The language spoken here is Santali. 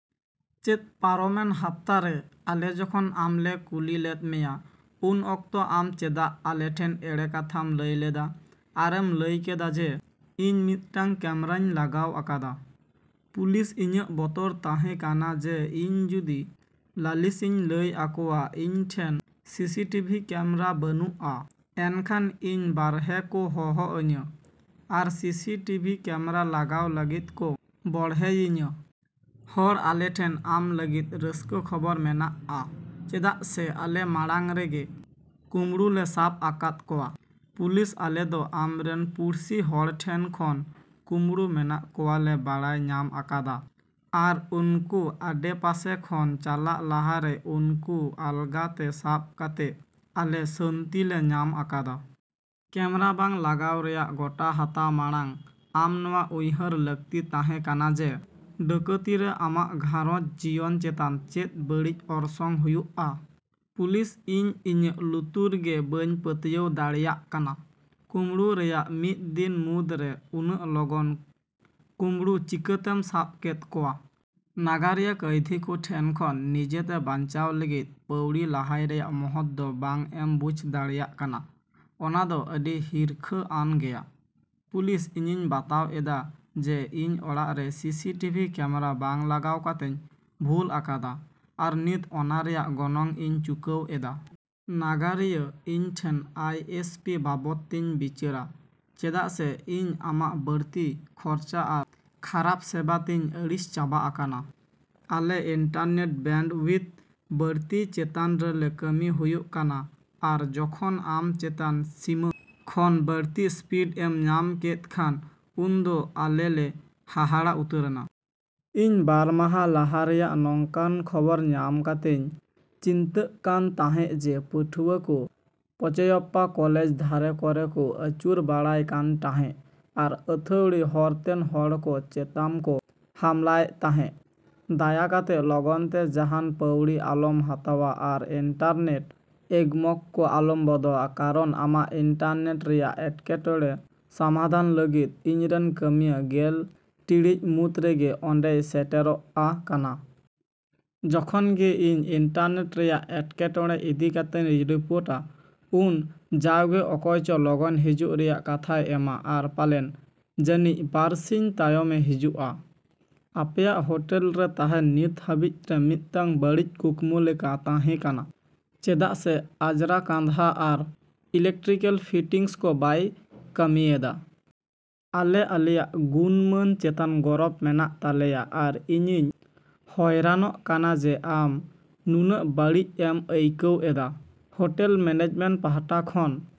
ᱪᱮᱫ ᱯᱟᱨᱚᱢᱮᱱ ᱦᱟᱯᱛᱟ ᱨᱮ ᱟᱞᱮ ᱡᱚᱠᱷᱚᱱ ᱟᱢᱞᱮ ᱠᱩᱞᱤ ᱞᱮᱫ ᱢᱮᱭᱟ ᱩᱱ ᱚᱠᱛᱚ ᱟᱢ ᱪᱮᱫᱟᱜ ᱟᱞᱮᱴᱷᱮᱱ ᱮᱲᱮ ᱠᱟᱛᱷᱟᱢ ᱞᱟᱹᱭ ᱞᱮᱫᱟ ᱟᱨᱮᱢ ᱞᱟᱹᱭ ᱠᱮᱫᱟ ᱡᱮ ᱤᱧ ᱢᱤᱫᱴᱟᱝ ᱠᱮᱢᱨᱟᱹᱧ ᱞᱟᱜᱟᱣ ᱟᱠᱟᱫᱟ? ᱯᱩᱞᱤᱥ ᱤᱧᱟᱹᱜ ᱵᱚᱛᱚᱨ ᱛᱟᱦᱮᱸᱠᱟᱱᱟ ᱡᱮ ᱤᱧ ᱡᱩᱫᱤ ᱞᱟᱞᱤᱥᱤᱧ ᱞᱟᱹᱭ ᱟᱠᱚᱣᱟ ᱤᱧ ᱴᱷᱮᱱ ᱥᱤᱥᱤ ᱴᱤᱵᱷᱤ ᱠᱮᱢᱨᱟ ᱵᱟᱹᱱᱩᱜᱼᱟ ᱮᱱᱠᱷᱟᱱ ᱤᱧ ᱵᱟᱨᱦᱮ ᱠᱚ ᱦᱚᱦᱚ ᱟᱹᱧᱟᱹ ᱟᱨ ᱥᱤᱥᱤ ᱴᱤᱵᱤ ᱠᱮᱢᱮᱨᱟ ᱞᱟᱜᱟᱣ ᱞᱟᱹᱜᱤᱫ ᱠᱚ ᱵᱚᱲᱦᱮᱭᱤᱧᱟᱹ᱾ ᱦᱚᱲ ᱟᱞᱮ ᱴᱷᱮᱱ ᱟᱢ ᱞᱟᱹᱜᱤᱫ ᱨᱟᱹᱥᱠᱟᱹ ᱠᱷᱚᱵᱚᱨ ᱢᱮᱱᱟᱜᱼᱟ ᱪᱮᱫᱟᱜ ᱥᱮ ᱟᱞᱮ ᱢᱟᱲᱟᱝ ᱨᱮᱜᱮ ᱠᱩᱢᱲᱩ ᱞᱮ ᱥᱟᱵ ᱟᱠᱟᱫ ᱠᱚᱣᱟ,᱾ ᱯᱩᱞᱤᱥ ᱟᱞᱮ ᱫᱚ ᱟᱢᱨᱮᱱ ᱯᱩᱲᱥᱤ ᱦᱚᱲ ᱴᱷᱮᱱ ᱠᱷᱚᱱ ᱠᱩᱢᱲᱩ ᱢᱮᱱᱟᱜ ᱠᱚᱣᱟᱜ ᱞᱮ ᱵᱟᱰᱟᱭ ᱧᱟᱢ ᱟᱠᱟᱫᱟ ᱟᱨ ᱩᱱᱠᱩ ᱟᱰᱮᱯᱟᱥᱮ ᱠᱷᱚᱱ ᱪᱟᱞᱟᱜ ᱞᱟᱦᱟᱨᱮ ᱩᱱᱠᱩ ᱟᱞᱜᱟ ᱛᱮ ᱥᱟᱵ ᱠᱟᱛᱮᱜ ᱟᱞᱮ ᱥᱟᱹᱱᱛᱤ ᱞᱮ ᱧᱟᱢ ᱟᱠᱟᱫᱟ᱾ ᱠᱮᱢᱮᱨᱟ ᱵᱟᱝ ᱞᱟᱜᱟᱣ ᱨᱮᱭᱟᱜ ᱜᱚᱴᱟ ᱦᱟᱛᱟᱣ ᱢᱟᱲᱟᱝ ᱟᱢ ᱱᱚᱣᱟ ᱩᱭᱦᱟᱹᱨ ᱞᱟᱹᱠᱛᱤ ᱛᱟᱦᱮᱸᱠᱟᱱᱟ ᱡᱮ, ᱰᱟᱹᱠᱟᱹᱛᱤ ᱨᱮ ᱟᱢᱟᱜ ᱜᱷᱟᱨᱚᱸᱡᱽ ᱡᱤᱭᱚᱱ ᱪᱮᱛᱟᱱ ᱪᱮᱫ ᱵᱟᱹᱲᱤᱡ ᱚᱨᱥᱚᱝ ᱦᱩᱭᱩᱜᱼᱟ᱾ ᱯᱩᱞᱤᱥ ᱤᱧ ᱤᱧᱟᱹᱜ ᱞᱩᱛᱩᱨ ᱜᱮ ᱵᱟᱹᱧ ᱯᱟᱹᱛᱭᱟᱹᱣ ᱫᱟᱲᱮᱭᱟᱜ ᱠᱟᱱᱟ᱾ ᱠᱩᱢᱲᱩ ᱨᱮᱭᱟᱜ ᱢᱤᱫ ᱫᱤᱱ ᱢᱩᱫᱽ ᱨᱮ ᱩᱱᱟᱹᱜ ᱞᱚᱜᱚᱱ ᱠᱩᱢᱲᱩ ᱪᱤᱠᱟᱹᱛᱮᱢ ᱥᱟᱵ ᱠᱮᱫ ᱠᱚᱣᱟ? ᱱᱟᱜᱟᱨᱤᱭᱟᱹ ᱠᱟᱹᱭᱫᱷᱤ ᱠᱚ ᱴᱷᱮᱱ ᱠᱷᱚᱱ ᱱᱤᱡᱮᱛᱮ ᱵᱟᱹᱧᱪᱟᱣ ᱞᱟᱹᱜᱤᱫ ᱯᱟᱣᱲᱤ ᱞᱟᱦᱟᱭ ᱨᱮᱭᱟᱜ ᱢᱚᱦᱚᱛ ᱫᱚ ᱵᱟᱝ ᱮᱢ ᱵᱩᱡ ᱫᱟᱲᱮᱭᱟᱜ ᱠᱟᱱᱟ ᱚᱱᱟ ᱫᱚ ᱟᱹᱰᱤ ᱦᱤᱨᱠᱷᱟᱹ ᱟᱱ ᱜᱮᱭᱟ᱾ ᱯᱩᱞᱤᱥ ᱤᱧᱤᱧ ᱵᱟᱛᱟᱣ ᱮᱫᱟ ᱡᱮ ᱤᱧ ᱚᱲᱟᱜ ᱨᱮ ᱥᱤ ᱥᱤ ᱴᱤᱵᱷᱤ ᱠᱮᱢᱮᱨᱟ ᱵᱟᱝ ᱞᱟᱜᱟᱣ ᱠᱟᱛᱮᱧ ᱵᱷᱩᱞ ᱟᱠᱟᱫᱟ ᱟᱨ ᱱᱤᱛ ᱚᱱᱟ ᱨᱮᱭᱟᱜ ᱜᱚᱱᱚᱝ ᱤᱧ ᱪᱩᱠᱟᱹᱣ ᱮᱫᱟ᱾ ᱱᱟᱜᱟᱨᱤᱭᱟᱹ ᱤᱧ ᱮᱴᱟᱜ ᱟᱭ ᱮᱥ ᱯᱤ ᱵᱟᱵᱚᱫ ᱛᱤᱧ ᱵᱤᱪᱟᱹᱨᱟ ᱪᱮᱫᱟᱜ ᱥᱮ ᱤᱧ ᱟᱢᱟᱜ ᱵᱟᱹᱲᱛᱤ ᱠᱷᱚᱨᱪᱟ ᱟᱨ ᱠᱷᱟᱨᱟᱵ ᱥᱮᱵᱟ ᱛᱤᱧ ᱟᱹᱲᱤᱥ ᱪᱟᱵᱟ ᱟᱠᱟᱱᱟ᱾ ᱟᱞᱮ ᱤᱱᱴᱟᱨᱱᱮᱴ ᱵᱮᱱᱰ ᱩᱭᱤᱛᱷ ᱵᱟᱹᱲᱛᱤᱭ ᱪᱮᱛᱟᱱ ᱨᱮᱞᱮ ᱠᱟᱹᱢᱤ ᱦᱩᱭᱩᱜ ᱠᱟᱱᱟ ᱟᱨ ᱡᱚᱠᱷᱚᱱ ᱟᱢ ᱪᱮᱛᱟᱱ ᱥᱤᱢᱟᱹ ᱠᱷᱚᱱ ᱵᱟᱹᱲᱛᱤ ᱥᱯᱤᱰ ᱮᱢ ᱧᱟᱢ ᱠᱮᱫ ᱠᱷᱟᱱ, ᱩᱱᱫᱚ ᱟᱞᱮ ᱞᱮ ᱦᱟᱦᱟᱲᱟ ᱩᱛᱟᱹᱨᱮᱱᱟ᱾ ᱤᱧ ᱵᱟᱨ ᱢᱟᱦᱟ ᱞᱟᱦᱟ ᱨᱮᱭᱟᱜ ᱱᱚᱝᱠᱟᱱ ᱠᱷᱚᱵᱚᱨ ᱧᱟᱢ ᱠᱟᱛᱤᱧ ᱪᱤᱱᱛᱟᱹᱜ ᱠᱟᱱ ᱛᱟᱦᱮᱸᱜ ᱡᱮ ᱯᱟᱹᱴᱷᱣᱟᱹ ᱠᱚ ᱯᱚᱪᱮᱭᱚᱯᱯᱟ ᱠᱚᱞᱮᱡᱽ ᱫᱷᱟᱨᱮ ᱠᱚᱨᱮ ᱠᱚ ᱟᱹᱪᱩᱨ ᱵᱟᱲᱟᱭ ᱠᱟᱱ ᱴᱟᱦᱮᱸᱜ ᱟᱨ ᱟᱹᱛᱷᱟᱹᱲᱤ ᱦᱚᱨᱛᱮᱱ ᱦᱚᱲᱠᱚ ᱪᱮᱛᱟᱢᱠᱚ ᱦᱟᱢᱞᱟᱭᱮᱫ ᱛᱟᱦᱮᱸᱜ᱾ ᱫᱟᱭᱟ ᱠᱟᱛᱮ ᱞᱚᱜᱚᱱᱛᱮ ᱡᱟᱦᱟᱱ ᱯᱟᱹᱣᱲᱤ ᱟᱞᱚᱢ ᱦᱟᱛᱟᱣᱟ ᱟᱨ ᱤᱱᱴᱟᱨᱱᱮᱴ ᱮᱜᱽᱢᱚᱜᱠᱚ ᱟᱞᱚᱢ ᱵᱚᱫᱚᱞᱟ ᱠᱟᱨᱚᱱ ᱟᱢᱟᱜ ᱤᱱᱴᱟᱨᱱᱮᱴ ᱨᱮᱭᱟᱜ ᱮᱴᱠᱮᱴᱚᱲᱮ ᱥᱟᱢᱟᱫᱷᱟᱱ ᱞᱟᱹᱜᱤᱫ ᱤᱧᱨᱮᱱ ᱠᱟᱹᱢᱤᱭᱟᱹ ᱜᱮᱞ ᱴᱤᱲᱤᱡ ᱢᱩᱫᱽ ᱨᱮᱜᱮ ᱚᱸᱰᱮᱭ ᱥᱮᱴᱮᱨᱚᱜᱼᱟ ᱠᱟᱱᱟ᱾ ᱡᱚᱠᱷᱚᱱ ᱜᱮ ᱤᱧ ᱤᱱᱴᱟᱨᱱᱮᱴ ᱨᱮᱭᱟᱜ ᱮᱴᱠᱮᱴᱚᱲᱮ ᱤᱫᱤ ᱠᱟᱛᱮᱧ ᱨᱤᱯᱳᱴᱟ ᱩᱱ ᱡᱟᱣᱜᱮ ᱚᱠᱚᱭᱪᱚ ᱞᱚᱜᱚᱱ ᱦᱤᱡᱩᱜ ᱨᱮᱭᱟᱜ ᱠᱟᱛᱦᱟᱭ ᱮᱢᱟ ᱟᱨ ᱯᱟᱞᱮᱱ ᱡᱟᱹᱱᱤᱡ ᱵᱟᱹᱨᱥᱤᱧ ᱛᱟᱭᱚᱢᱮ ᱦᱤᱡᱩᱜᱼᱟ᱾ ᱟᱯᱮᱭᱟᱜ ᱦᱳᱴᱮᱞ ᱨᱮ ᱛᱟᱦᱮᱱ ᱱᱤᱛ ᱦᱟᱹᱵᱤᱡᱛᱮ ᱢᱤᱫᱴᱟᱝ ᱵᱟᱹᱲᱤᱚᱡ ᱠᱩᱠᱢᱩ ᱞᱮᱠᱟ ᱛᱟᱦᱮᱸᱠᱟᱱᱟ ᱪᱮᱫᱟᱜ ᱥᱮ ᱚᱡᱨᱟ ᱠᱟᱸᱫᱦᱟ ᱟᱨ ᱤᱞᱮᱠᱴᱨᱤᱠᱟᱞ ᱯᱷᱤᱴᱤᱝᱥ ᱠᱚ ᱵᱟᱭ ᱠᱟᱹᱢᱤᱭᱮᱫᱟ᱾ ᱟᱞᱮ ᱟᱞᱮᱭᱟ ᱜᱩᱱᱢᱟᱹᱱ ᱪᱮᱛᱟᱱ ᱜᱚᱨᱚᱵ ᱢᱮᱱᱟᱜ ᱛᱟᱞᱮᱭᱟ ᱟᱨ ᱤᱧᱤᱧ ᱦᱚᱭᱨᱟᱱᱚᱜ ᱠᱟᱱᱟ ᱡᱮ ᱟᱢ ᱱᱩᱱᱟᱹᱜ ᱵᱟᱹᱲᱤᱡ ᱮᱢ ᱟᱹᱭᱠᱟᱹᱣ ᱮᱫᱟ᱾ ᱦᱳᱴᱮᱞ ᱢᱮᱱᱮᱡᱢᱮᱱᱴ ᱯᱟᱦᱟᱴᱟ ᱠᱷᱚᱱ,